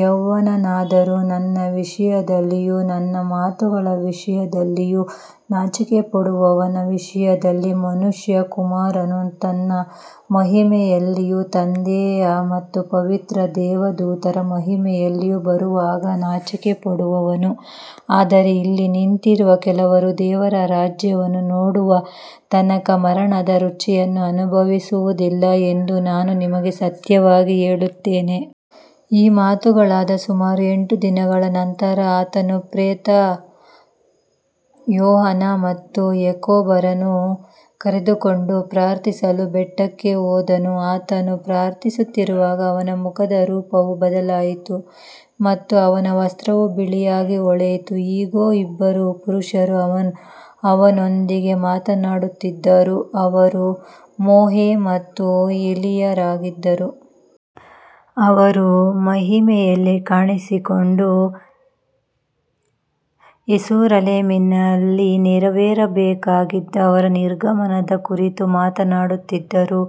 ಯಾವನಾದರೂ ನನ್ನ ವಿಷಯದಲ್ಲಿಯೂ ನನ್ನ ಮಾತುಗಳ ವಿಷಯದಲ್ಲಿಯೂ ನಾಚಿಕೆಪಡುವವನ ವಿಷಯದಲ್ಲಿ ಮನುಷ್ಯಕುಮಾರನು ತನ್ನ ಮಹಿಮೆಯಲ್ಲಿಯೂ ತಂದೆಯ ಮತ್ತು ಪವಿತ್ರ ದೇವದೂತರ ಮಹಿಮೆಯಲ್ಲಿಯೂ ಬರುವಾಗ ನಾಚಿಕೆಪಡುವನು. ಆದರೆ ಇಲ್ಲಿ ನಿಂತಿರುವ ಕೆಲವರು ದೇವರ ರಾಜ್ಯವನ್ನು ನೋಡುವ ತನಕ ಮರಣದ ರುಚಿಯನ್ನು ಅನುಭವಿಸುವುದಿಲ್ಲ ಎಂದು ನಾನು ನಿಮಗೆ ಸತ್ಯವಾಗಿ ಹೇಳುತ್ತೇನೆ. ಈ ಮಾತುಗಳಾದ ಸುಮಾರು ಎಂಟು ದಿನಗಳ ನಂತರ ಆತನು ಪೇತ್ರ, ಯೋಹಾನ ಮತ್ತು ಯಾಕೋಬರನ್ನು ಕರೆದುಕೊಂಡು ಪ್ರಾರ್ಥಿಸಲು ಬೆಟ್ಟಕ್ಕೆ ಹೋದನು. ಆತನು ಪ್ರಾರ್ಥಿಸುತ್ತಿರುವಾಗ ಅವನ ಮುಖದ ರೂಪವು ಬದಲಾಯಿತು ಮತ್ತು ಅವನ ವಸ್ತ್ರವು ಬಿಳಿಯಾಗಿ ಹೊಳೆಯಿತು. ಇಗೋ, ಇಬ್ಬರು ಪುರುಷರು ಅವನೊಂದಿಗೆ ಮಾತನಾಡುತ್ತಿದ್ದರು. ಅವರು ಮೋಶೆ ಮತ್ತು ಎಲೀಯರಾಗಿದ್ದರು. ಅವರು ಮಹಿಮೆಯಲ್ಲಿ ಕಾಣಿಸಿಕೊಂಡು ಯೆರೂಸಲೇಮಿನಲ್ಲಿ ನೆರವೇರಬೇಕಾಗಿದ್ದ ಅವನ ನಿರ್ಗಮನದ ಕುರಿತು ಮಾತನಾಡುತ್ತಿದ್ದರು.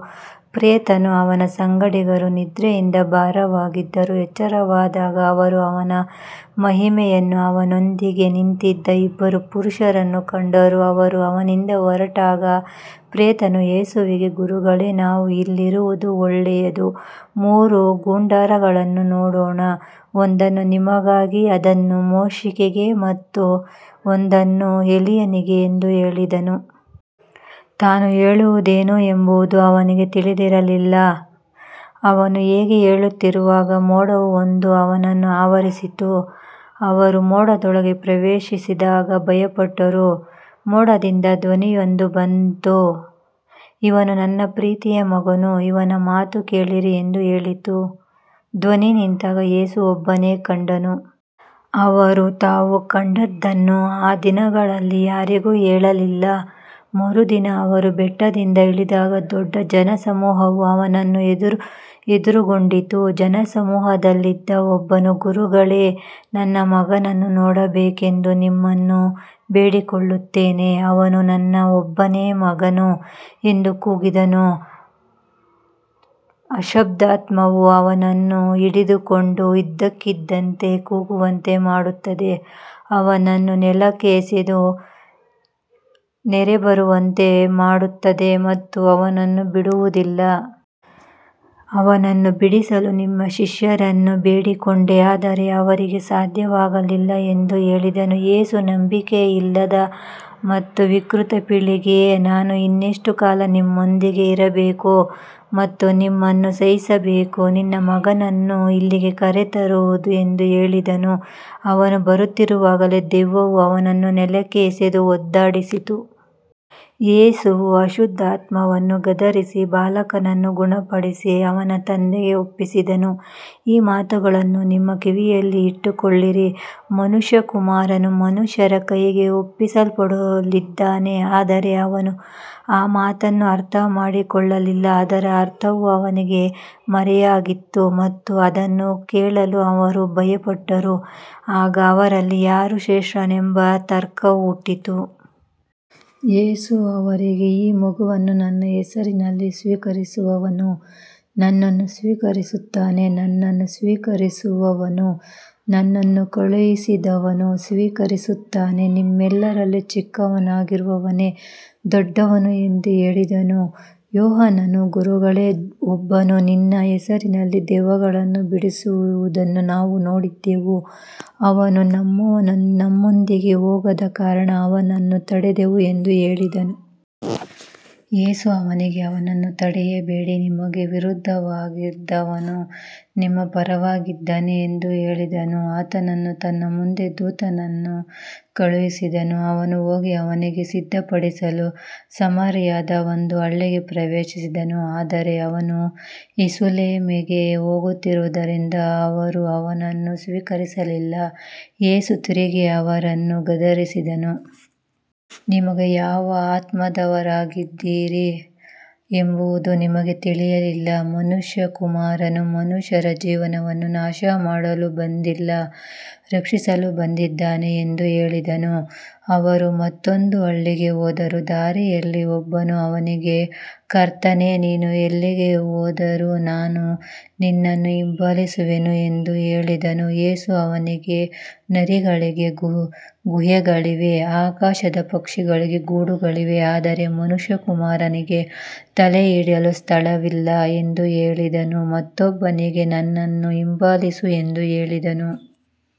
ಪೇತ್ರನೂ ಅವನ ಸಂಗಡಿಗರೂ ನಿದ್ರೆಯಿಂದ ಭಾರವಾಗಿದ್ದರು. ಎಚ್ಚರವಾದಾಗ ಅವರು ಅವನ ಮಹಿಮೆಯನ್ನೂ ಅವನೊಂದಿಗೆ ನಿಂತಿದ್ದ ಇಬ್ಬರು ಪುರುಷರನ್ನೂ ಕಂಡರು. ಅವರು ಅವನಿಂದ ಹೊರಟಾಗ ಪೇತ್ರನು ಯೇಸುವಿಗೆ, ಗುರುಗಳೇ, ನಾವು ಇಲ್ಲಿರುವುದು ಒಳ್ಳೆಯದು. ಮೂರು ಗುಡಾರಗಳನ್ನು ಮಾಡೋಣ, ಒಂದನ್ನು ನಿಮಗಾಗಿ, ಒಂದನ್ನು ಮೋಶೆಗೆ ಮತ್ತು ಒಂದನ್ನು ಎಲೀಯನಿಗೆ ಎಂದು ಹೇಳಿದನು. ತಾನು ಹೇಳುವುದೇನು ಎಂಬುದು ಅವನಿಗೆ ತಿಳಿದಿರಲಿಲ್ಲ. ಅವನು ಹೀಗೆ ಹೇಳುತ್ತಿರುವಾಗ ಮೋಡವು ಬಂದು ಅವರನ್ನು ಆವರಿಸಿತು. ಅವರು ಮೋಡದೊಳಗೆ ಪ್ರವೇಶಿಸಿದಾಗ ಭಯಪಟ್ಟರು. ಮೋಡದಿಂದ ಧ್ವನಿಯೊಂದು ಬಂದು, ಇವನು ನನ್ನ ಪ್ರೀತಿಯ ಮಗನು, ಇವನ ಮಾತನ್ನು ಕೇಳಿರಿ ಎಂದು ಹೇಳಿತು. ಧ್ವನಿ ನಿಂತಾಗ ಯೇಸು ಒಬ್ಬನೇ ಕಂಡನು. ಅವರು ತಾವು ಕಂಡದ್ದನ್ನು ಆ ದಿನಗಳಲ್ಲಿ ಯಾರಿಗೂ ಹೇಳಲಿಲ್ಲ. ಮರುದಿನ ಅವರು ಬೆಟ್ಟದಿಂದ ಇಳಿದಾಗ ದೊಡ್ಡ ಜನಸಮೂಹವು ಅವನನ್ನು ಎದುರುಗೊಂಡಿತು. ಜನಸಮೂಹದಲ್ಲಿದ್ದ ಒಬ್ಬನು, ಗುರುಗಳೇ, ನನ್ನ ಮಗನನ್ನು ನೋಡಬೇಕೆಂದು ನಿಮ್ಮನ್ನು ಬೇಡಿಕೊಳ್ಳುತ್ತೇನೆ, ಅವನು ನನ್ನ ಒಬ್ಬನೇ ಮಗನು ಎಂದು ಕೂಗಿದನು. ಅಶುದ್ಧಾತ್ಮವು ಅವನನ್ನು ಹಿಡಿದುಕೊಂಡು ಇದ್ದಕ್ಕಿದ್ದಂತೆ ಕೂಗುವಂತೆ ಮಾಡುತ್ತದೆ, ಅವನನ್ನು ನೆಲಕ್ಕೆ ಎಸೆದು ನೊರೆಬರುವಂತೆ ಮಾಡುತ್ತದೆ ಮತ್ತು ಅವನನ್ನು ಬಿಡುವುದಿಲ್ಲ. ಅವನನ್ನು ಬಿಡಿಸಲು ನಿಮ್ಮ ಶಿಷ್ಯರನ್ನು ಬೇಡಿಕೊಂಡೆ, ಆದರೆ ಅವರಿಗೆ ಸಾಧ್ಯವಾಗಲಿಲ್ಲ ಎಂದು ಹೇಳಿದನು. ಯೇಸು, ನಂಬಿಕೆಯಿಲ್ಲದ ಮತ್ತು ವಿಕೃತ ಪೀಳಿಗೆಯೇ, ನಾನು ಇನ್ನೆಷ್ಟು ಕಾಲ ನಿಮ್ಮೊಂದಿಗೆ ಇರಬೇಕು ಮತ್ತು ನಿಮ್ಮನ್ನು ಸಹಿಸಬೇಕು? ನಿನ್ನ ಮಗನನ್ನು ಇಲ್ಲಿಗೆ ಕರೆತರು ಎಂದು ಹೇಳಿದನು. ಅವನು ಬರುತ್ತಿರುವಾಗಲೇ ದೆವ್ವವು ಅವನನ್ನು ನೆಲಕ್ಕೆ ಎಸೆದು ಒದ್ದಾಡಿಸಿತು. ಯೇಸು ಅಶುದ್ಧಾತ್ಮವನ್ನು ಗದರಿಸಿ ಬಾಲಕನನ್ನು ಗುಣಪಡಿಸಿ ಅವನ ತಂದೆಗೆ ಒಪ್ಪಿಸಿದನು. ಈ ಮಾತುಗಳನ್ನು ನಿಮ್ಮ ಕಿವಿಯಲ್ಲಿ ಇಟ್ಟುಕೊಳ್ಳಿರಿ, ಮನುಷ್ಯಕುಮಾರನು ಮನುಷ್ಯರ ಕೈಗೆ ಒಪ್ಪಿಸಲ್ಪಡಲಿದ್ದಾನೆ. ಆದರೆ ಅವರು ಆ ಮಾತನ್ನು ಅರ್ಥಮಾಡಿಕೊಳ್ಳಲಿಲ್ಲ. ಅದರ ಅರ್ಥವು ಅವರಿಗೆ ಮರೆಯಾಗಿತ್ತು ಮತ್ತು ಅದನ್ನು ಕೇಳಲು ಅವರು ಭಯಪಟ್ಟರು. ಆಗ ಅವರಲ್ಲಿ ಯಾರು ಶ್ರೇಷ್ಠನೆಂಬ ತರ್ಕವು ಹುಟ್ಟಿತು. ಯೇಸು ಅವರಿಗೆ, ಈ ಮಗುವನ್ನು ನನ್ನ ಹೆಸರಿನಲ್ಲಿ ಸ್ವೀಕರಿಸುವವನು ನನ್ನನ್ನು ಸ್ವೀಕರಿಸುತ್ತಾನೆ, ನನ್ನನ್ನು ಸ್ವೀಕರಿಸುವವನು ನನ್ನನ್ನು ಕಳುಹಿಸಿದವನನ್ನು ಸ್ವೀಕರಿಸುತ್ತಾನೆ. ನಿಮ್ಮೆಲ್ಲರಲ್ಲಿ ಚಿಕ್ಕವನಾಗಿರುವವನೇ ದೊಡ್ಡವನು ಎಂದು ಹೇಳಿದನು. ಯೋಹಾನನು, ಗುರುಗಳೇ, ಒಬ್ಬನು ನಿನ್ನ ಹೆಸರಿನಲ್ಲಿ ದೆವ್ವಗಳನ್ನು ಬಿಡಿಸುವುದನ್ನು ನಾವು ನೋಡಿದೆವು. ಅವನು ನಮ್ಮೊಂದಿಗೆ ಹೋಗದ ಕಾರಣ ಅವನನ್ನು ತಡೆದೆವು ಎಂದು ಹೇಳಿದನು. ಯೇಸು ಅವನಿಗೆ, ಅವನನ್ನು ತಡೆಯಬೇಡಿ, ನಿಮಗೆ ವಿರುದ್ಧವಾಗಿರದವನು ನಿಮ್ಮ ಪರವಾಗಿದ್ದಾನೆ ಎಂದು ಹೇಳಿದನು. ಆತನು ತನ್ನ ಮುಂದೆ ದೂತರನ್ನು ಕಳುಹಿಸಿದನು. ಅವರು ಹೋಗಿ ಅವನಿಗಾಗಿ ಸಿದ್ಧಪಡಿಸಲು ಸಮಾರ್ಯದ ಒಂದು ಹಳ್ಳಿಗೆ ಪ್ರವೇಶಿಸಿದರು. ಆದರೆ ಅವನು ಯೆರೂಸಲೇಮಿಗೆ ಹೋಗುತ್ತಿದ್ದುದರಿಂದ ಅವರು ಅವನನ್ನು ಸ್ವೀಕರಿಸಲಿಲ್ಲ. ಯೇಸು ತಿರುಗಿ ಅವರನ್ನು ಗದರಿಸಿದನು. ನಿಮಗೆ ಯಾವ ಆತ್ಮದವರಾಗಿದ್ದೀರಿ ಎಂಬುದು ನಿಮಗೆ ತಿಳಿದಿಲ್ಲ. ಮನುಷ್ಯಕುಮಾರನು ಮನುಷ್ಯರ ಜೀವಗಳನ್ನು ನಾಶಮಾಡಲು ಬಂದಿಲ್ಲ, ರಕ್ಷಿಸಲು ಬಂದಿದ್ದಾನೆ ಎಂದು ಹೇಳಿದನು. ಅವರು ಮತ್ತೊಂದು ಹಳ್ಳಿಗೆ ಹೋದರು. ದಾರಿಯಲ್ಲಿ ಒಬ್ಬನು ಅವನಿಗೆ, ಕರ್ತನೇ, ನೀನು ಎಲ್ಲಿಗೆ ಹೋದರೂ ನಾನು ನಿನ್ನನ್ನು ಹಿಂಬಾಲಿಸುವೆನು ಎಂದು ಹೇಳಿದನು. ಯೇಸು ಅವನಿಗೆ, ನರಿಗಳಿಗೆ ಗುಹೆಗಳಿವೆ, ಆಕಾಶದ ಪಕ್ಷಿಗಳಿಗೆ ಗೂಡುಗಳಿವೆ, ಆದರೆ ಮನುಷ್ಯಕುಮಾರನಿಗೆ ತಲೆಯಿಡಲು ಸ್ಥಳವಿಲ್ಲ ಎಂದು ಹೇಳಿದನು. ಮತ್ತೊಬ್ಬನಿಗೆ, ನನ್ನನ್ನು ಹಿಂಬಾಲಿಸು ಎಂದು ಹೇಳಿದನು.